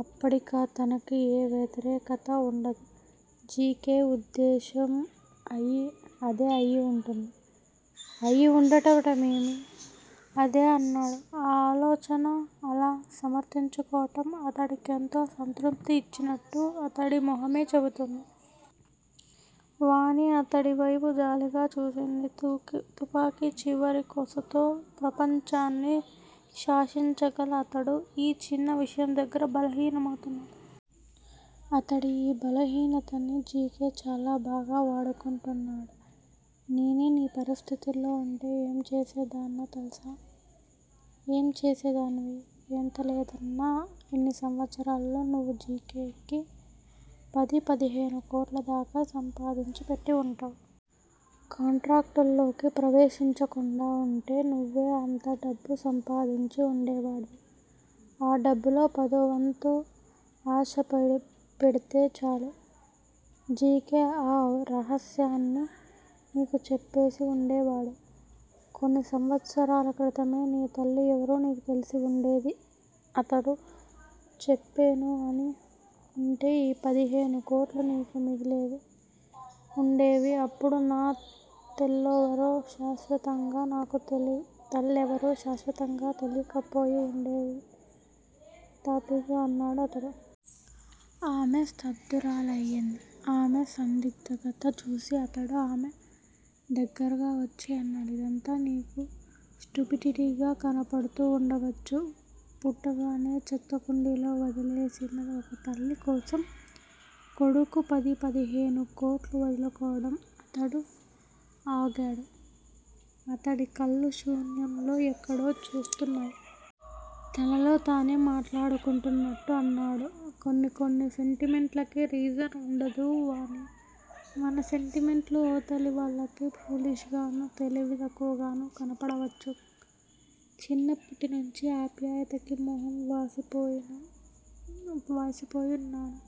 అప్పుడిక తనకి వ్యతిరేకతా వుండదు. జి. కె. వుద్దేశ్యం అదే అయి వుంటుంది. 'అయివుండటం' ఏమి? అదే అన్నాడు. ఆ ఆలోచన, అలా సమర్ధించుకోవటం అతడికెంతో సంతృప్తి ఇచ్చినట్టు అతడి మొహమే చెపుతోంది. వాణి అతడి వైపు జాలిగా చూసింది. తుపాకి చివరి కొసతో ప్రపంచాన్ని శాసించగల 'అతడు' ఈ చిన్న విషయం దగ్గిర బలహీనమవుతున్నా అతడి ఈ బలహీనతని జి. కే. చాలా బాగా వాడుకుంటున్నాడు. నేనే నీ పరిస్థితిలో వుంటే ఏం చేసే దాన్నో తెలుసా? ఏం చేసే దానివి? ఎంత లేదన్నా ఇన్ని సంవత్సరాల్లో నువ్వు జి. కే. కి పది పదిహేను కోట్ల దాకా సంపాదించి పెట్టి వుంటావ్. కాంట్రాక్టులోకి ప్రవేశించకుండా వుంటే, నువ్వే అంత డబ్బూ సంపాదించి వుండేవాడివి. ఆ డబ్బులో పదోవంతు ఆశ పెడితే చాలు- జి. కే. ఆ రహస్యాన్ని నీకు చెప్పేసి వుండేవాడు. కొన్ని సంవత్సరాల క్రితమే నీ తల్లి ఎవరో నీకు తెలిసివుండేది అతడు చెప్పనూ అని వుంటే ఈ పదిహేను కోట్లూ నీకు మిగిలేవి వుండేవి అప్పుడు నా తల్లెవరో శాశ్వతంగా తెలియకపోయి వుండేది తాపీగా అన్నాడు అతడు. ఆమె స్థబ్దురాలయింది. ఆమె సందిగ్దత చూసి అతడు ఆమె దగ్గరగా వచ్చి అన్నాడు. ఇదంతా నీకు స్టుపిడిటీగా కనపడుతూ వుండవచ్చు. పుట్టగానే చెత్తకుండీలో వదిలేసిన ఒక తల్లి కోసం కొడుకు పది, పదిహేను కోట్లు వదులుకోవటం అతడు ఆగాడు. అతడి కళ్ళు శూన్యంలో ఎక్కడో చూస్తున్నాయి. తనలో తనే మాట్లాడుకుంటున్నట్టూ అన్నాడు. కొన్ని కొన్ని సెంటిమెంట్లకి రీజన్ వుండదు వాణీ! మన సెంటిమెంట్లు అవతలి వాళ్ళకి ఫూలిష్ గానూ, తెలివి తక్కువగానూ కనపడవచ్చు. చిన్నప్పటి నుంచీ ఆప్యాయతకి మొహం వాసిపోయివున్నాను.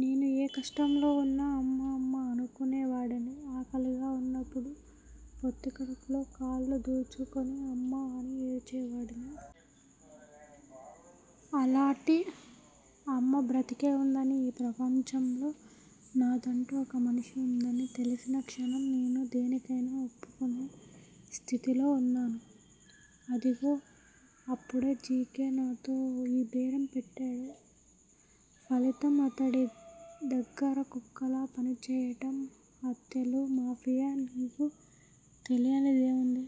నేను ఏ కష్టంలో వున్నా 'అమ్మా- అమ్మా' అనుకునే వాడిని. ఆకలిగా వున్నప్పుడు పొత్తికడుపులో కాళ్ళు దూర్చుకుని 'అమ్మా' అని ఏడ్చే వాడిని. అలాటి 'అమ్మ' బ్రతికేవుందనీ ఈ ప్రపంచంలో నాదంటూ ఒక మనిషి వుందనీ తెలిసిన క్షణం నేను దేనికైనా ఒప్పుకునే స్థితిలో వున్నాను. అదిగో అప్పుడే జి. కే. నాతో ఈ బేరం పెట్టాడు. ఫలితం అతడి దగ్గర కుక్కలా పని చేయటం- హత్యలు, మాఫియా నీకు తెలియనిదేముంది?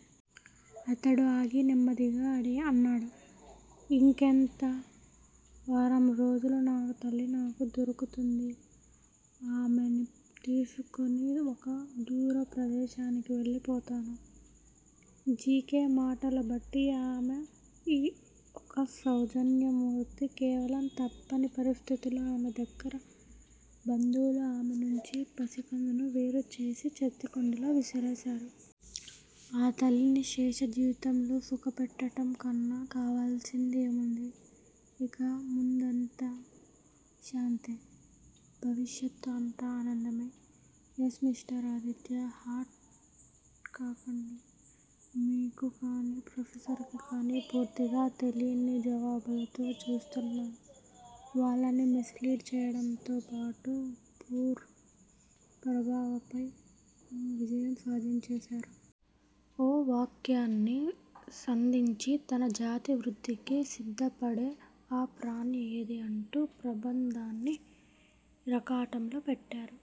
అతడు ఆగి, నెమ్మదిగా అన్నాడు. ఇంకెంత? వారం రోజులు నా తల్లి నాకు దొరుకుతుంది. ఆమెని తీసుకుని ఒక దూర ప్రదేశానికి వెళ్లి పోతాను. జి. కే. మాటలబట్టి ఆమె ఒక సౌజన్య మూర్తి కేవలం తప్పని పరిస్థితుల్లో ఆమె దగ్గర బంధువుల ఆమె నుంచి పసికందుని వేరు చేసి చెత్తకుండీలో విసిరేశారు. ఆ తల్లిని శేష జీవితంలో సుఖపెట్టటంకన్నా కావల్సింది ఏముంది? ఇక ముందంతా శాంతే. భవిష్యత్తు అంతా ఆనందమే. Yes mister Aditya! హర్ట్ కాకండి. మీకు కాని, ప్రొఫెసర్స్ కి కాని పూర్తిగా తెలీని జవాబులతో చూస్తున్న వాళ్ళని మిస్ లీడ్ చేయడంతో బాటు పూర్ ప్రభావపైన విజయం సాధించేశారు. ఓ వాక్యాన్ని సంధించి తన జాతి వృద్దికి సిద్ద పడే ఆ ప్రాణి ఏదీ అంటూ ప్రబంధని ఇరకాటంలో పెట్టారు